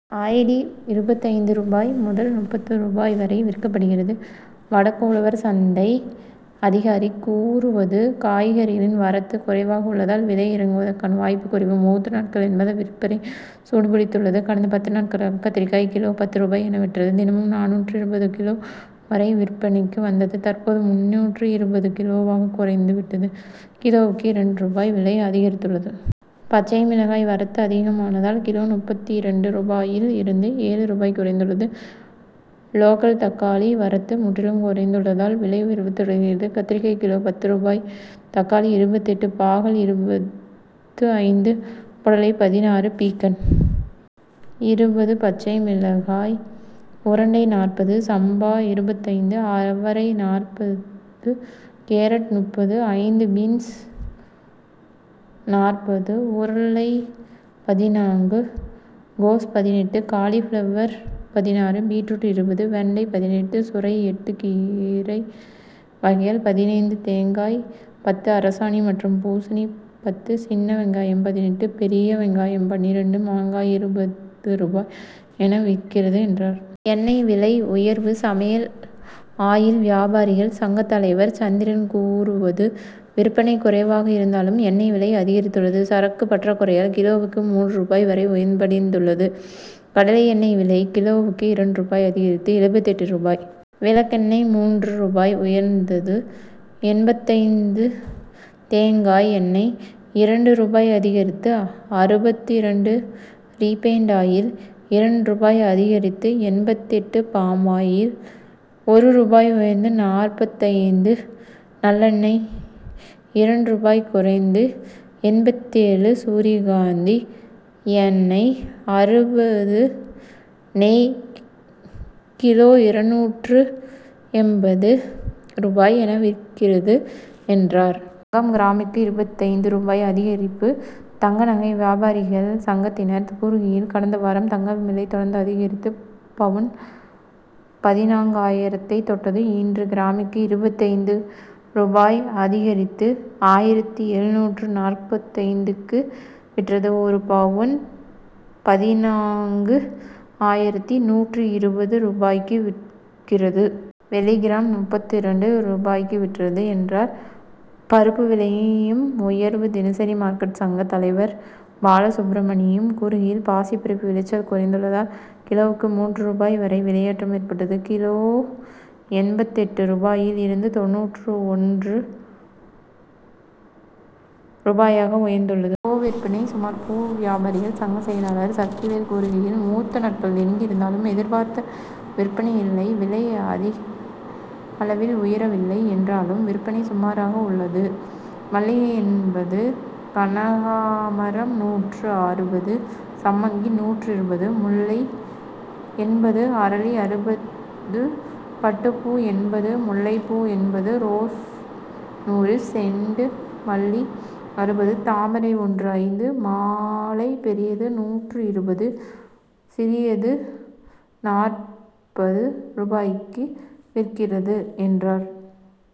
ஜடீ இருபத்து ஐந்து ரூபாய் முதல் முப்பது ரூபாய் வரை விற்கப்படுகிறது. வடக்கு உழவர் சந்தை அதிகாரி கூறுவது காய்கறிகளின் வரத்து குறைவாக உள்ளதால், விலை இறங்குவதற்கான வாய்ப்பு குறைவு. முகூர்த்த நாட்கள் என்பதால், விற்பனை சூடுபிடித்துள்ளது. கடந்த பத்து நாட்களாக கத்தரிக்காய் கிலோ பத்து ரூபாய் என விற்றது தினமும் நானூற்று இருபது கிலோ வரை விற்பனைக்கு வந்தது தற்போது முன்னூற்று இருபது கிலோவாக குறைந்து விட்டது கிலோவுக்கு இரண்டு ரூபாய் விலை அதிகரித்துள்ளது. பச்சை மிளகாய் வரத்து அதிகமானதால், கிலோ முப்பத்து இரண்டு ரூபாயில் இருந்து ஏழு ரூபாய் குறைந்துள்ளது. லோக்கல் தக்காளி வரத்து முற்றிலும் குறைந்துள்ளதால், விலை உயர்வு தொடர்கிறது. கத்தரிக்காய் கிலோ பத்து ரூபாய் தக்காளி இருபத்து எட்டு பாகல் இருபத்து ஐந்து புடலை பதினாறு பீர்க்கன் இருபது பச்சை மிளகாய் உருண்டை நாற்பது, சம்பா இருபத்து ஐந்து அவரை நாற்பது கேரட் முப்பத்து ஐந்து பீன்ஸ் நாற்பது உருளை பதினான்கு கோஸ் பதினெட்டு காலிபிளவர் பதினாறு பீட்ரூட் இருபது வெண்டை பதினெட்டு சுரை எட்டு கீரை வகைகள் பதினைந்து தேங்காய் பத்து அரசாணி மற்றும் பூசணி பத்து சின்ன வெங்காயம் பதினெட்டு பெரிய வெங்காயம் பன்னிரண்டு மாங்காய் இருபது ரூபாய் என விற்கிறது, என்றார். எண்ணெய் விலை உயர்வு சமையல் ஆயில் வியாபாரிகள் சங்க தலைவர் சந்திரன் கூறுவது விற்பனை குறைவாக இருந்தாலும், எண்ணெய் விலை அதிகரித்துள்ளது. சரக்கு பற்றாக்குறையால், கிலோவுக்கு மூன்று ரூபாய் வரை உயர்வடைந்துள்ளது. கடலை எண்ணெய் விலை கிலோவுக்கு இரண்டு ரூபாய் அதிகரித்து எழுபத்து எட்டு ரூபாய் விளக்கெண்ணெய் மூன்று ரூபாய் உயர்ந்து எண்பத்தைந்து தேங்காய் எண்ணெய் இரண்டு ரூபாய் அதிகரித்து அறுபத்து இரண்டு ரீபன்ட் ஆயில் இரண்டு ரூபாய் அதிகரித்து எண்பத்து எட்டு பாமாயில் ஒரு ரூபாய் உயர்ந்து நாற்பத்து ஐந்து நல்லெண்ணெய் இரண்டு ரூபாய் குறைந்து எண்பத்து ஏழு சூரியகாந்தி எண்ணெய் அறுபது நெய் கிலோ இருநூற்று எண்பது ரூபாய் என விற்கிறது, என்றார். தங்கம் கிராமிற்கு இருபத்து ஐந்து ரூபாய் அதிகரிப்பு தங்க நகை வியாபாரிகள் சங்கத்தினர் கூறுகையில், கடந்த வாரம் தங்கம் விலை தொடர்ந்து அதிகரித்து, பவுன் பதினான்கு ஆயிரத்தை தொட்டது. இன்று கிராமிற்கு இருபத்து ஐந்து ரூபாய் அதிகரித்து, ஆயிரத்து எழுநூற்று நாற்பத்தைந்துக்கு விற்றது. ஒரு பவுன் பதினான்கு ஆயிரத்து நூற்று இருபது ரூபாய்க்கு விற்கிறது. வெள்ளி கிராம் முப்பத்து இரண்டு ரூபாய்க்கு விற்றது, என்றார். பருப்பு விலையும் உயர்வு தினசரி மார்க்கெட் சங்க தலைவர் பாலசுப்ரமணியம் கூறுகையில், பாசி பருப்பு விளைச்சல் குறைந்துள்ளதால், கிலோவுக்கு மூன்று ரூபாய் வரை விலையேற்றம் ஏற்பட்டுள்ளது. கிலோ எண்பத்து எட்டு ரூபாயில் இருந்து தொண்ணூற்று ஒன்று ரூபாயாக உயர்ந்துள்ளது. பூ விற்பனை சுமார் பூ வியாபாரிகள் சங்க செயலாளர் சக்திவேல் கூறுகையில், முகூர்த்த நாட்கள் நெருங்கி இருந்தாலும், எதிர்பார்த்த விற்பனை இல்லை விலை அதிகளவில் உயரவில்லை என்றாலும், விற்பனை சுமாராக உள்ளது. மல்லிகை எண்பது கனகாம்பரம் நூற்று அறுபது சம்பங்கி நூற்று இருபது முல்லை எண்பது அரளி அறுபது பட்டுப்பூ எண்பது முல்லைப்பூ எண்பது ரோஸ் நூறு செண்டுமல்லி அறுபது தாமரை ஒன்று ஐந்து மாலை பெரியது நூற்று இருபது, சிறியது நாற்பது ரூபாய்க்கு விற்கிறது, என்றார்.